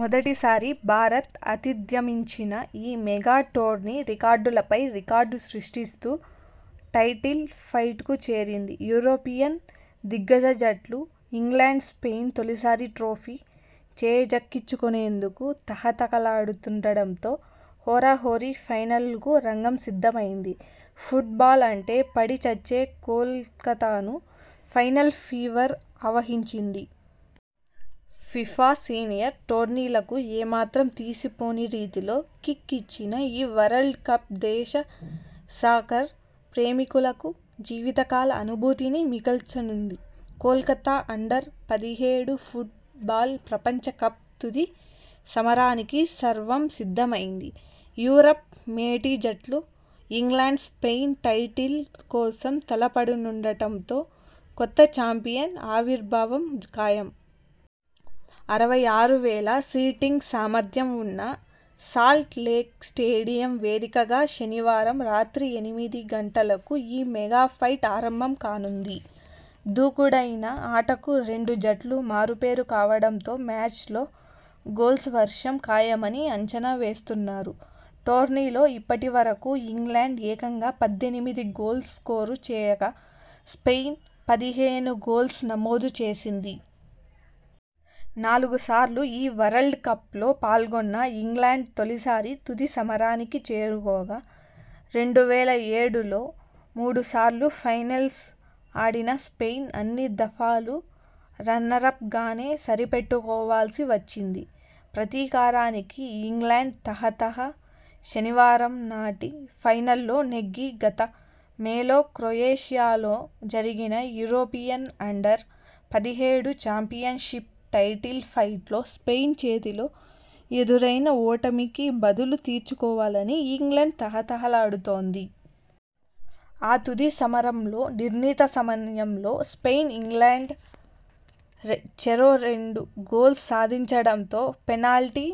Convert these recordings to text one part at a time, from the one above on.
మొదటిసారి భారత్ ఆతిథ్యమిచ్చిన ఈ మెగా టోర్నీ రికార్డులపై రికార్డులు సృష్టిస్తూ టైటిల్ ఫైట్ కు చేరింది. యూరోపియన్ దిగ్గజ జట్లు ఇంగ్లండ్-స్పెయిన్ తొలిసారి ట్రోఫీ చేజక్కించుకొనేందుకు తహతహలాడుతుండడంతో హోరాహోరీ ఫైనల్ కు రంగం సిద్ధమైంది. ఫుట్ బాల్ అంటే పడి చచ్చే కోల్కతాను ఫైనల్ ఫీవర్ ఆవహించింది. ఫిఫా సీనియర్ టోర్నీలకు ఏమాత్రం తీసిపోని రీతిలో 'కిక్' ఇచ్చిన ఈ వరల్డ్ కప్ దేశ సాకర్ ప్రేమికులకు జీవితకాల అనుభూతిని మిగల్చనుంది. కోల్కతా అండర్ పదిహేడు ఫుట్ బాల్ ప్రపంచకప్ తుది సమరానికి సర్వం సిద్ధమైంది. యూరప్ మేటి జట్లు ఇంగ్లండ్-స్పెయిన్ టైటిల్ కోసం తలపడనుండడం తో కొత్త చాంపియన్ ఆవిర్భావం ఖాయం. అరవై ఆరు వేల సీటింగ్ సామర్థ్యం ఉన్న సాల్ట్ లేక్ స్టేడియం వేదికగా శనివారం రాత్రి ఎనిమిది గంటలకు ఈ మెగా ఫైట్ ఆరంభం కానుంది. దూకుడైన ఆటకు రెండు జట్లు మారుపేరు కావడంతో మ్యాచ్ లో గోల్స్ వర్షం ఖాయమని అంచనా వేస్తున్నారు. టోర్నీలో ఇప్పటివరకూ ఇంగ్లండ్ ఏకంగా పద్దెనిమిది గోల్స్ స్కోరు చేయగా, స్పెయిన్ పదిహేను గోల్స్ నమోదు చేసింది. నాలుగు సార్లు ఈ వరల్డ్ కప్ లో పాల్గొన్న ఇంగ్లండ్ తొలిసారి తుది సమరానికి చేరుకోగా, రెండు వేల ఏడులో మూడుసార్లు ఫైనల్స్ ఆడిన స్పెయిన్ అన్ని దఫాలు రన్నరప్ గానే సరిపెట్టుకోవాల్సి వచ్చింది. ప్రతీకారానికి ఇంగ్లండ్ తహతహ. శనివారంనాటి ఫైనల్లో నెగ్గి గత మేలో క్రొయేషియాలో జరిగిన యూరోపి యన్ అండర్ పదిహేడు చాంపియన్ షిప్ టైటిల్ ఫైట్లో స్పెయిన్ చేతిలో ఎదురైన ఓటమికి బదులు తీర్చుకోవాలని ఇంగ్లండ్ తహతహలాడుతోంది. ఆ తుది సమరంలో నిర్ణీత సమయంలో స్పెయిన్ ఇంగ్లండ్ చెరో రెండు గోల్స్ సాధించడంతో పెనాల్టీ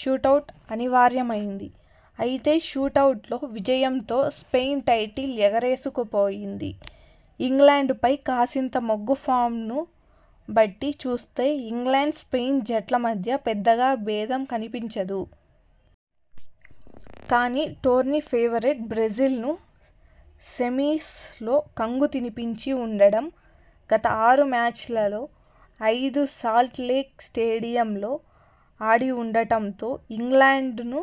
షూటౌట్ అనివార్యమైంది. అయితే షూటౌట్ లో విజయంతో స్పెయిన్ టైటిల్ ఎగరేసుకుపోయింది. ఇంగ్లండ్ పై కాసింత మొగ్గు ఫామ్ ను బట్టి చూస్తే ఇంగ్లండ్ స్పెయిన్ జట్ల మధ్య పెద్దగా భేదం కనిపించదు. కానీ టోర్నీ ఫేవరెట్ బ్రెజిల్ ను సెమీస్ లో కంగుతినిపించి ఉండడం, గత ఆరు మ్యాచ్ లలో ఐదు సాల్ట్ లేక్ స్టేడియంలో ఆడివుండడంతో ఇంగ్లండ్ ను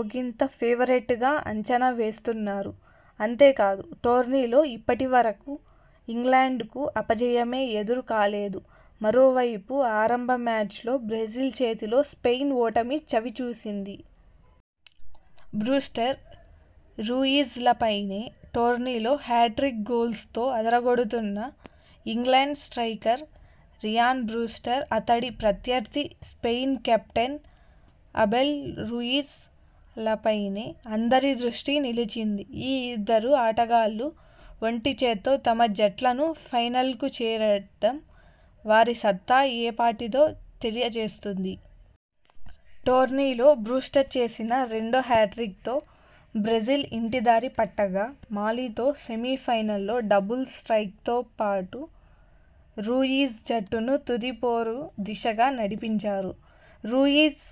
ఒకింత ఫేవరెట్ గా అంచనా వేస్తున్నారు. అంతేకాదు, టోర్నీలో ఇప్పటివరకూ ఇంగ్లండ్ కు అపజయమే ఎదురుకాలేదు. మరోవైపు ఆరంభ మ్యాచ్ లో బ్రెజిల్ చేతిలో స్పెయిన్ ఓటమి చవిచూసింది. బ్రూస్టర్ రూయిజ్ లపైనే టోర్నీలో హ్యాట్రిక్ గోల్స్ తో అదరగొడుతున్న ఇంగ్లండ్ స్ట్రయికర్ రియాన్ బ్రూస్టర్, అతడి ప్రత్యర్థి స్పెయిన్ కెప్టెన్ అబెల్ రూయిజ్ లపైనే అందరి దృష్టి నిలిచింది. ఈ ఇద్దరు ఆటగాళ్లు ఒంటిచేత్తో తమ జట్లను ఫైనల్కు చేర్చడం వారి సత్తా ఏపాటిదో తెలియజేస్తుంది. టోర్నీలో బ్రూస్టర్ చేసిన రెండో హ్యాట్రిక్ తో బ్రెజిల్ ఇంటిదారిపట్టగా మాలితో సెమీఫైనల్లో డబుల్ స్ర్టైక్ తో రూయిజ్ జట్టును తుది పోరు దిశగా నడిపించాడు. రూయిజ్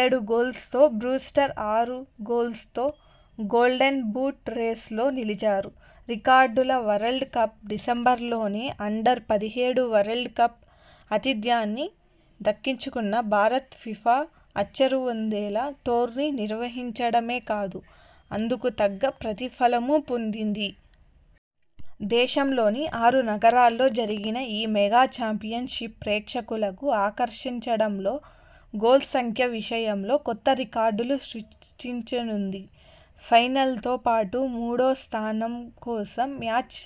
ఏడు గోల్స్ తో బ్రూస్టర్ ఆరు గోల్స్ తో 'గోల్డెన్ బూట్' రేస్ లో నిలిచారు. రికార్డుల వరల్డ్ కప్, డిసెంబరులోనే అండర్ పదిహేడు వరల్డ్ కప్ ఆతిథ్యాన్ని దక్కించుకున్న భారత్ ఫిఫా అచ్చెరువొందేలా టోర్నీ నిర్వహించడమే కాదు అందుకు తగ్గ ప్రతిఫలమూ పొందింది. దేశంలోని ఆరు నగరాల్లో జరిగిన ఈ మెగా చాంపియన్ షిప్ ప్రేక్షకులను ఆకర్షించడంలో, గోల్స్ సంఖ్య విషయంలో కొత్త రికార్డులు సృష్టించనుంది. ఫైనల్ తో పాటు మూడో స్థానం కోసం మ్యాచ్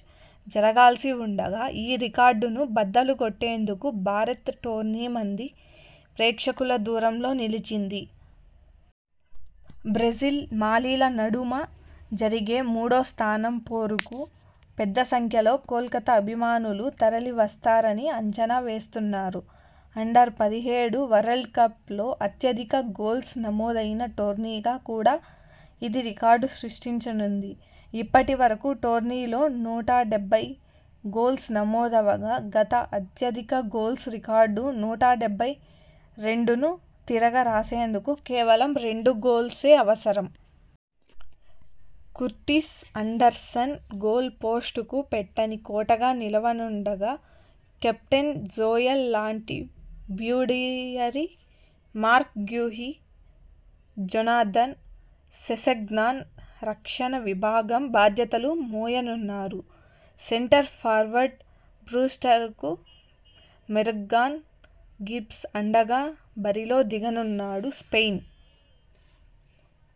జరగాల్సి ఉండగా, ఈ రికార్డును బద్దలు గొట్టేందుకు భారత్ టోర్నీ మంది ప్రేక్షకుల దూరంలో నిలిచింది. బ్రెజిల్ మాలిల నడుమ జరిగే మూడో స్థానం పోరుకూ పెద్దసంఖ్యలో కోల్కతా అభిమానులు తరలి వస్తారని అంచనా వేస్తున్నారు. అండర్ పదిహేడు వరల్డ్ కప్ లో అత్యధిక గోల్స్ నమోదైన టోర్నీగా కూడా ఇది రికార్డు సృష్టించనుంది. ఇప్పటివరకూ టోర్నీలో నూట డెబ్బై గోల్స్ నమోదవగా, గత అత్యధిక గోల్స్ రికార్డు నూట డెబ్బై రెండును తిరగ రాసేందుకు కేవలం రెండు గోల్సే అవసరం. కుర్టిస్ ఆండర్సన్ గోల్ పోస్టుకు పెట్టని కోటగా నిలువనుండగా captain Joel Latibeaudiere, Marc Guehi, Jonathan, Sessegnon రక్షణ విభాగం బాధ్యతలు మోయనున్నారు. సెంటర్ ఫార్వర్డ్ బ్రూస్టర్ కు మోర్గాన్ గిబ్స్ అండగా బరిలో దిగనున్నాడు. స్పెయిన్